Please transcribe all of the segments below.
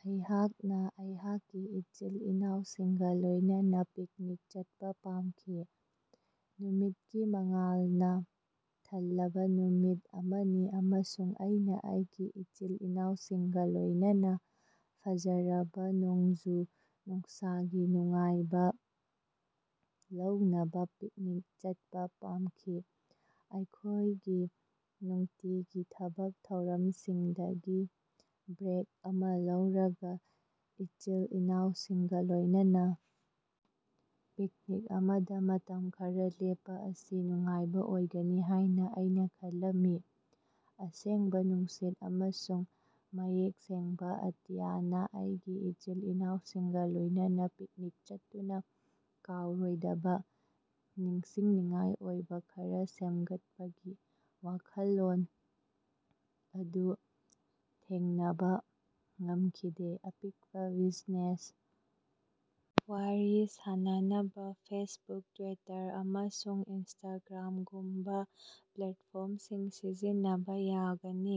ꯑꯩꯍꯥꯛꯅ ꯑꯩꯍꯥꯛꯀꯤ ꯏꯆꯤꯜ-ꯏꯅꯥꯎꯁꯤꯡꯒ ꯂꯣꯏꯅꯅ ꯄꯤꯛꯅꯤꯛ ꯆꯠꯄ ꯄꯥꯝꯈꯤ꯫ ꯅꯨꯃꯤꯠꯀꯤ ꯃꯉꯥꯜꯅ ꯊꯜꯂꯕ ꯅꯨꯃꯤꯠ ꯑꯃꯅꯤ ꯑꯃꯁꯨꯡ ꯑꯩꯅ ꯑꯩꯒꯤ ꯏꯆꯤꯜ-ꯏꯅꯥꯑꯎꯁꯤꯡꯒ ꯂꯣꯏꯅꯅ ꯐꯖꯔꯕ ꯅꯣꯡꯖꯨ-ꯅꯨꯡꯁꯥꯒꯤ ꯅꯨꯡꯉꯥꯏꯕ ꯂꯧꯅꯕ ꯄꯤꯛꯅꯤꯛ ꯆꯠꯄ ꯄꯥꯝꯈꯤ꯫ ꯑꯩꯈꯣꯏꯒꯤ ꯅꯨꯡꯇꯤꯒꯤ ꯊꯕꯛ ꯊꯧꯔꯝꯁꯤꯡꯗꯒꯤ ꯕ꯭ꯔꯦꯛ ꯑꯃ ꯂꯧꯔꯒ ꯏꯆꯤꯜ-ꯏꯅꯥꯑꯎꯁꯤꯡꯒ ꯂꯣꯏꯅꯅ ꯄꯤꯛꯅꯤꯛ ꯑꯃꯗ ꯃꯇꯝ ꯈꯔ ꯂꯦꯞꯄ ꯑꯁꯤ ꯅꯨꯡꯉꯥꯏꯕ ꯑꯣꯏꯒꯅꯤ ꯍꯥꯏꯅ ꯑꯩꯅ ꯈꯜꯂꯝꯃꯤ꯫ ꯑꯁꯦꯡꯕ ꯅꯨꯡꯁꯤꯠ ꯑꯃꯁꯨꯡ ꯃꯌꯦꯛ ꯁꯦꯡꯕ ꯑꯇꯤꯌꯥꯅ ꯑꯩꯒꯤ ꯏꯆꯤꯜ-ꯏꯅꯥꯑꯎꯁꯤꯡꯒ ꯂꯣꯏꯅꯅ ꯄꯤꯛꯅꯤꯛ ꯆꯠꯇꯨꯅ ꯀꯥꯎꯔꯣꯏꯗꯕ ꯅꯤꯡꯁꯤꯡꯅꯤꯡꯉꯥꯏ ꯑꯣꯏꯕ ꯈꯔ ꯁꯦꯝꯒꯠꯄꯒꯤ ꯋꯥꯈꯜꯂꯣꯟ ꯑꯗꯨ ꯊꯦꯡꯅꯕ ꯉꯃꯈꯤꯗꯦ꯫ ꯑꯄꯤꯀꯄ ꯕꯤꯖꯤꯅꯦꯁ ꯋꯥꯔꯤ ꯁꯥꯅꯅꯕ ꯐꯦꯁꯕꯨꯛ, ꯇ꯭ꯋꯤꯇꯔ, ꯑꯃꯁꯨꯡ ꯏꯟꯁꯇꯒ꯭ꯔꯥꯝꯒꯨꯝꯕ ꯄ꯭ꯂꯦꯠꯐꯣꯔꯝꯁꯤꯡ ꯁꯤꯖꯤꯟꯅꯕ ꯌꯥꯒꯅꯤ꯫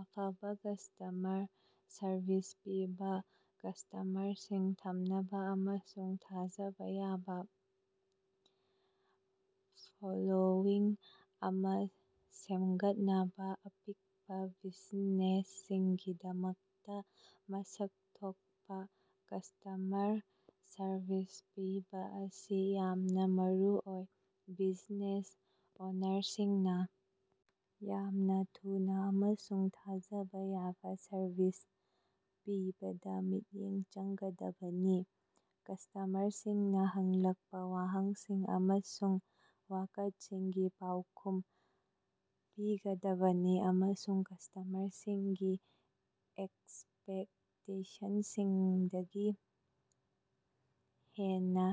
ꯑꯐꯕ ꯀꯁꯇꯃꯔ ꯁꯔꯚꯤꯁ ꯄꯤꯕ: ꯀꯁꯇꯃꯔꯁꯤꯡ ꯊꯝꯅꯕ ꯑꯃꯁꯨꯡ ꯊꯥꯖꯕ ꯌꯥꯕ ꯐꯣꯂꯣꯋꯤꯡ ꯑꯃ ꯁꯦꯝꯒꯠꯅꯕ ꯑꯄꯤꯛꯄ ꯕꯤꯖꯤꯅꯦꯁꯁꯤꯡꯒꯤꯗꯃꯛꯇ ꯃꯁꯛ ꯊꯣꯛꯄ ꯀꯁꯇꯃꯔ ꯁꯔꯚꯤꯁ ꯄꯤꯕ ꯑꯁꯤ ꯌꯥꯝꯅ ꯃꯔꯨꯑꯣꯏ꯫ ꯕꯤꯖꯤꯅꯦꯁ ꯑꯣꯅꯔꯁꯤꯡꯅ ꯌꯥꯝꯅ ꯊꯨꯅ ꯑꯃꯁꯨꯡ ꯊꯥꯖꯕ ꯌꯥꯕ ꯁꯔꯚꯤꯁ ꯄꯤꯕꯗ ꯃꯤꯠꯌꯦꯡ ꯆꯪꯒꯗꯕꯅꯤ꯫ ꯀꯁꯇꯃꯔꯁꯤꯡꯅ ꯍꯪꯂꯛꯄ ꯋꯥꯍꯪꯁꯤꯡ ꯑꯃꯁꯨꯡ ꯋꯥꯀꯠꯁꯤꯡꯒꯤ ꯄꯥꯎꯈꯨꯝ ꯄꯤꯒꯗꯕꯅꯤ ꯑꯃꯁꯨꯡ ꯀꯁꯇꯃꯔꯁꯤꯡꯒꯤ ꯑꯦꯛꯁꯄꯦꯛꯇꯦꯁꯟꯁꯤꯡꯗꯒꯤ ꯍꯦꯟꯅ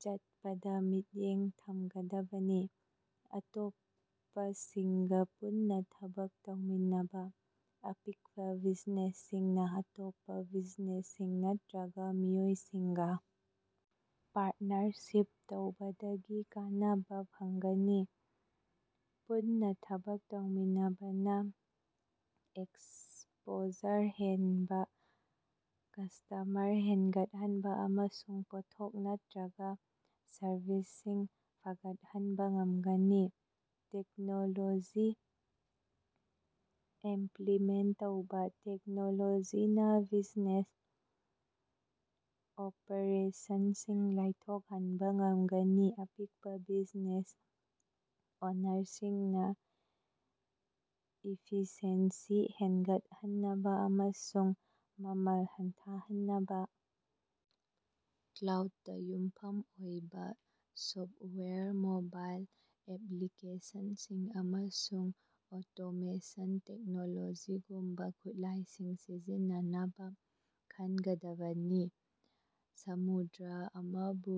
ꯆꯠꯄꯗ ꯃꯤꯠꯌꯦꯡ ꯊꯝꯒꯗꯕꯅꯤ꯫ ꯑꯇꯣꯞꯄꯁꯤꯡꯒ ꯄꯨꯟꯅ ꯊꯕꯛ ꯇꯧꯃꯤꯟꯅꯕ: ꯑꯄꯤꯛꯄ ꯕꯤꯖꯤꯅꯦꯁꯁꯤꯡꯅ ꯑꯇꯣꯞꯄ ꯕꯤꯖꯤꯅꯦꯁꯁꯤꯡ ꯅꯠꯇ꯭ꯔꯒ ꯃꯤꯑꯣꯏꯁꯤꯡꯒ ꯄꯥꯔꯠꯅꯔꯁꯤꯞ ꯇꯧꯕꯗꯒꯤ ꯀꯥꯟꯅꯕ ꯐꯪꯒꯅꯤ꯫ ꯄꯨꯟꯅ ꯊꯕꯛ ꯇꯧꯃꯤꯟꯅꯕꯅ ꯑꯦꯛꯁꯄꯣꯖꯔ ꯍꯦꯟꯕ, ꯀꯁ꯭ꯇꯃꯔ ꯍꯦꯟꯒꯠꯍꯟꯕ, ꯑꯃꯁꯨꯡ ꯄꯣꯠꯊꯣꯛ ꯅꯠꯇ꯭ꯔꯒ ꯁꯔꯚꯤꯁꯁꯤꯡ ꯐꯒꯠꯍꯟꯕ ꯉꯝꯒꯅꯤ꯫ ꯇꯦꯛꯅꯣꯂꯣꯖꯤ ꯏꯝꯄ꯭ꯂꯤꯃꯦꯟꯇ ꯇꯧꯕ: ꯇꯦꯛꯅꯣꯂꯣꯖꯤꯅ ꯕꯤꯖꯤꯅꯦꯁ ꯑꯣꯄꯔꯦꯁꯟꯁꯤꯡ ꯂꯥꯏꯊꯣꯛꯍꯟꯕ ꯉꯝꯒꯅꯤ꯫ ꯑꯄꯤꯀꯄ ꯕꯤꯖꯤꯅꯦꯁ ꯑꯣꯅꯔꯁꯤꯡꯅ ꯏꯐꯤꯁꯤꯑꯦꯟꯁꯤ ꯍꯦꯟꯒꯠꯍꯟꯅꯕ ꯑꯃꯁꯨꯡ ꯃꯃꯜ ꯍꯟꯊꯍꯟꯅꯕ ꯀ꯭ꯂꯥꯎꯗꯇ ꯌꯨꯝꯐꯝ ꯑꯣꯏꯕ ꯁꯣꯐꯠꯋꯦꯌꯔ, ꯃꯣꯕꯥꯏꯜ ꯑꯦꯄ꯭ꯂꯤꯀꯦꯁꯟꯁꯤꯡ, ꯑꯃꯁꯨꯡ ꯑꯣꯇꯣꯃꯦꯁꯟ ꯇꯦꯛꯅꯣꯂꯣꯖꯤꯒꯨꯝꯕ ꯈꯨꯠꯂꯥꯏꯁꯤꯡ ꯁꯤꯖꯤꯟꯅꯅꯕ ꯈꯟꯒꯗꯕꯅꯤ꯫ ꯁꯃꯨꯗ꯭ꯔ ꯑꯃꯕꯨ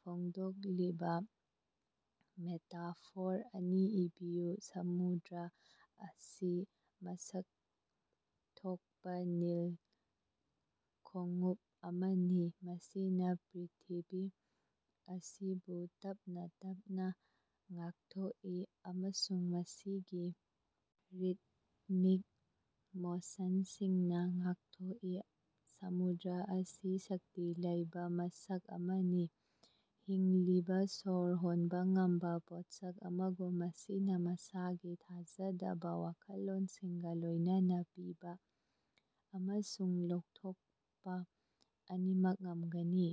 ꯐꯣꯡꯗꯣꯛꯂꯤꯕ ꯃꯦꯇꯥꯐꯣꯔ ꯑꯅꯤ ꯏꯕꯤꯌꯨ꯫ ꯁꯃꯨꯗ꯭ꯔ ꯑꯁꯤ ꯃꯁꯛ ꯊꯣꯛꯄ ꯅꯤꯜ ꯈꯣꯡꯎꯞ ꯑꯃꯅꯤ, ꯃꯁꯤꯅ ꯄ꯭ꯔꯤꯊꯤꯕꯤ ꯑꯁꯤꯕꯨ ꯇꯞꯅ ꯇꯞꯅ ꯉꯥꯛꯊꯣꯛꯏ ꯑꯃꯁꯨꯡ ꯃꯁꯤꯒꯤ ꯔꯤꯗꯃꯤꯛ ꯃꯣꯁꯟꯁꯤꯡꯅ ꯉꯥꯛꯊꯣꯛꯏ꯫ ꯁꯃꯨꯗ꯭ꯔ ꯑꯁꯤ ꯁꯛꯇꯤ ꯂꯩꯕ ꯃꯁꯛ ꯑꯃꯅꯤ꯫ ꯍꯤꯡꯂꯤꯕ, ꯁꯣꯔ ꯍꯣꯟꯕ ꯉꯝꯕ ꯄꯣꯠꯁꯛ ꯑꯃꯒꯨꯝ, ꯃꯁꯤꯅ ꯃꯁꯥꯒꯤ ꯊꯥꯖꯗꯕ ꯋꯥꯈꯜꯂꯣꯟꯁꯤꯡꯒ ꯂꯣꯏꯅꯅ ꯄꯤꯕ ꯑꯃꯁꯨꯡ ꯂꯧꯊꯣꯛꯄ ꯑꯅꯤꯃꯛ ꯉꯝꯒꯅꯤ꯫